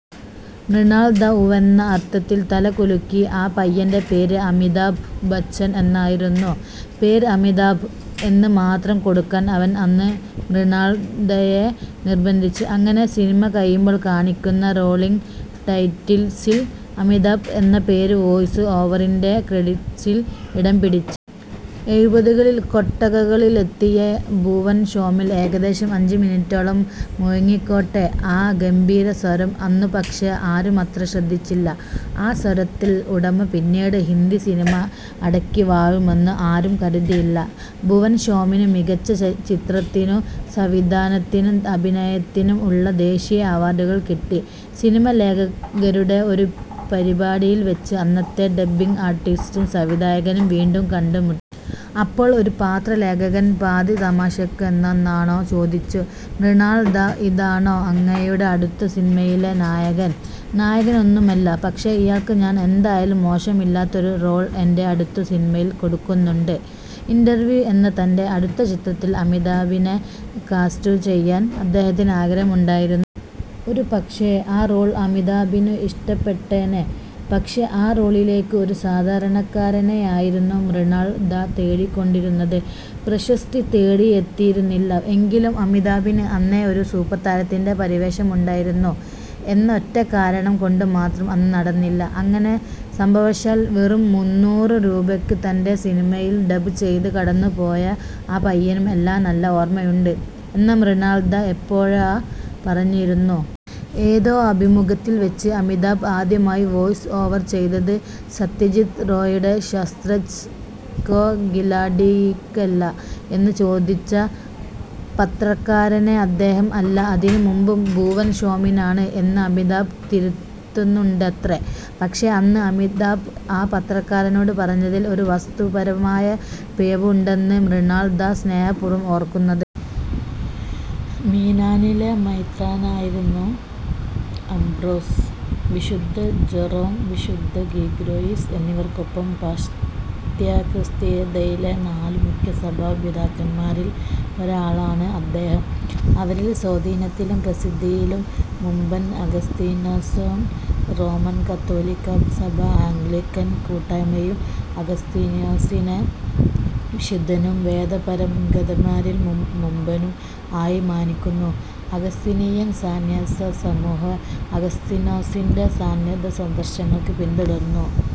" മൃണാൾ ദാ ഉവ്വെന്ന അർത്ഥത്തിൽ തലകുലുക്കി. ആ പയ്യന്റെ പേര് അമിതാഭ് ബച്ചൻ എന്നായിരുന്നു. പേര് ' അമിതാഭ് ' എന്ന് മാത്രം കൊടുക്കാൻ അവൻ അന്ന് മൃണാൾ ദായെ നിർബന്ധിച്ചു. അങ്ങനെ സിനിമ കഴിയുമ്പോൾ കാണിക്കുന്ന റോളിങ്ങ് ടൈറ്റിൽസിൽ ' അമിതാഭ് ' എന്ന പേരും വോയ്സ് ഓവറിന്റെ ക്രെഡിറ്റ്സിൽ ഇടം പിടിച്ചു. എഴുപതുകളിൽ കൊട്ടകകളിലെത്തിയ ഭുവൻ ഷോമിൽ ഏകദേശം അഞ്ചുമിനിറ്റോളം മുഴങ്ങിക്കേട്ട ആ ഗംഭീര സ്വരം അന്നുപക്ഷേ ആരുമത്ര ശ്രദ്ധിച്ചില്ല. ആ സ്വരത്തിന്റെ ഉടമ പിന്നീട് ഹിന്ദി സിനിമ അടക്കിവാഴുമെന്നും ആരും കരുതിയില്ല. ഭുവൻ ഷോമിന് മികച്ച ചിത്രത്തിനും സംവിധാനത്തിനും അഭിനയത്തിനും ഉള്ള ദേശീയ അവാർഡുകൾ കിട്ടി. സിനിമാ ലേഖകരുടെ ഒരു പരിപാടിയിൽ വെച്ച് അന്നത്തെ ഡബ്ബിങ്ങ് ആർട്ടിസ്റ്റും സംവിധായകനും വീണ്ടും കണ്ടുമുട്ടി. അപ്പോൾ ഒരു പത്ര ലേഖകൻ പാതി തമാശയ്ക്കെന്നോണം ചോദിച്ചു, " മൃണാൾ ദാ, ഇതാണോ അങ്ങയുടെ അടുത്ത സിനിമയിലെ നായകൻ..? "" നായകനൊന്നുമല്ല.. പക്ഷേ, ഇയാൾക്ക് ഞാൻ എന്തായാലും മോശമില്ലാത്തൊരു റോൾ എന്റെ അടുത്ത സിനിമയിൽ കൊടുക്കുന്നുണ്ട്.. "' ഇൻറർവ്യൂ ' എന്ന തന്റെ അടുത്ത ചിത്രത്തിൽ അമിതാഭിനെ കാസ്റ്റുചെയ്യാൻ അദ്ദേഹത്തിന് ആഗ്രഹമുണ്ടായിരുന്നു. ഒരുപക്ഷേ ആ റോൾ അമിതാഭിനും ഇഷ്ടപ്പെട്ടേനെ.. പക്ഷേ, ആ റോളിലേക്ക് ഒരു സാധാരണക്കാരനെയായിരുന്നു മൃണാൾ ദാ തേടിക്കൊണ്ടിരുന്നത്. പ്രശസ്തി തേടിയെത്തിയിരുന്നില്ല എങ്കിലും, അമിതാഭിന് അന്നേ ഒരു സൂപ്പർ താരത്തിന്റെ പരിവേഷമുണ്ടായിരുന്നു എന്ന ഒരൊറ്റക്കാരണം കൊണ്ടുമാത്രം അത് നടന്നില്ല. അങ്ങനെ സംഭവശാൽ വെറും മുന്നൂറു രൂപയ്ക്ക് തന്റെ സിനിമയിൽ ഡബ്ബ് ചെയ്ത് കടന്നുപോയ ആ പയ്യനും എല്ലാം നല്ല ഓർമ്മയുണ്ട് എന്ന മൃണാൾദാ എപ്പോഴോ പറഞ്ഞിരുന്നു. ഏതോ അഭിമുഖത്തിൽ വെച്ച് അമിതാഭ് ആദ്യമായി വോയ്സ് ഓവർ ചെയ്തത് സത്യജിത് റേയുടെ " ശത്രഞ്ജ് കേ ഖിലാഡി " യ്ക്കല്ലേ എന്ന് ചോദിച്ച പത്രക്കാരനെ അദ്ദേഹം " അല്ല, അതിനും മുമ്പ് ഭുവൻ ഷോമിനാണ് " എന്ന് അമിതാഭ് തിരുത്തുന്നുണ്ടത്രേ. പക്ഷേ, അന്ന് അമിതാഭ് ആ പത്രക്കാരനോട് പറഞ്ഞതിൽ ഒരു വസ്തുതാപരമായ പിഴവുണ്ടെന്ന് മൃണാൾ ദാ സ്നേഹപൂർവ്വം ഓർക്കുന്നത്.. മിലാനിലെ മെത്രാനായിരുന്ന അബ്രോസ്, വിശുദ്ധ ജെറോം, വിശുദ്ധ ഗ്രിഗോരിയോസ് എന്നിവർക്കൊപ്പം പാശ്ചാത്യക്രിസ്തീയതയിലെ നാലു മുഖ്യസഭാപിതാക്കന്മാരിൽ ഒരാളാണ് അദ്ദേഹം. അവരിൽ സ്വാധീനത്തിലും പ്രസിദ്ധിയിലും മുമ്പൻ അഗസ്തീനോസാണ്. റോമൻ കത്തോലിക്കാ സഭയും ആംഗ്ലിക്കൻ കൂട്ടായ്മയും അഗസ്തീനോസിനെ വിശുദ്ധനും വേദപാരംഗതന്മാരിൽ മുമ്പനും ആയി മാനിക്കുന്നു. അഗസ്തീനിയൻ സന്യാസസമൂഹം ആഗസ്തീനോസിന്റെ സന്യാസാദർശങ്ങൾ പിന്തുടരുന്നു.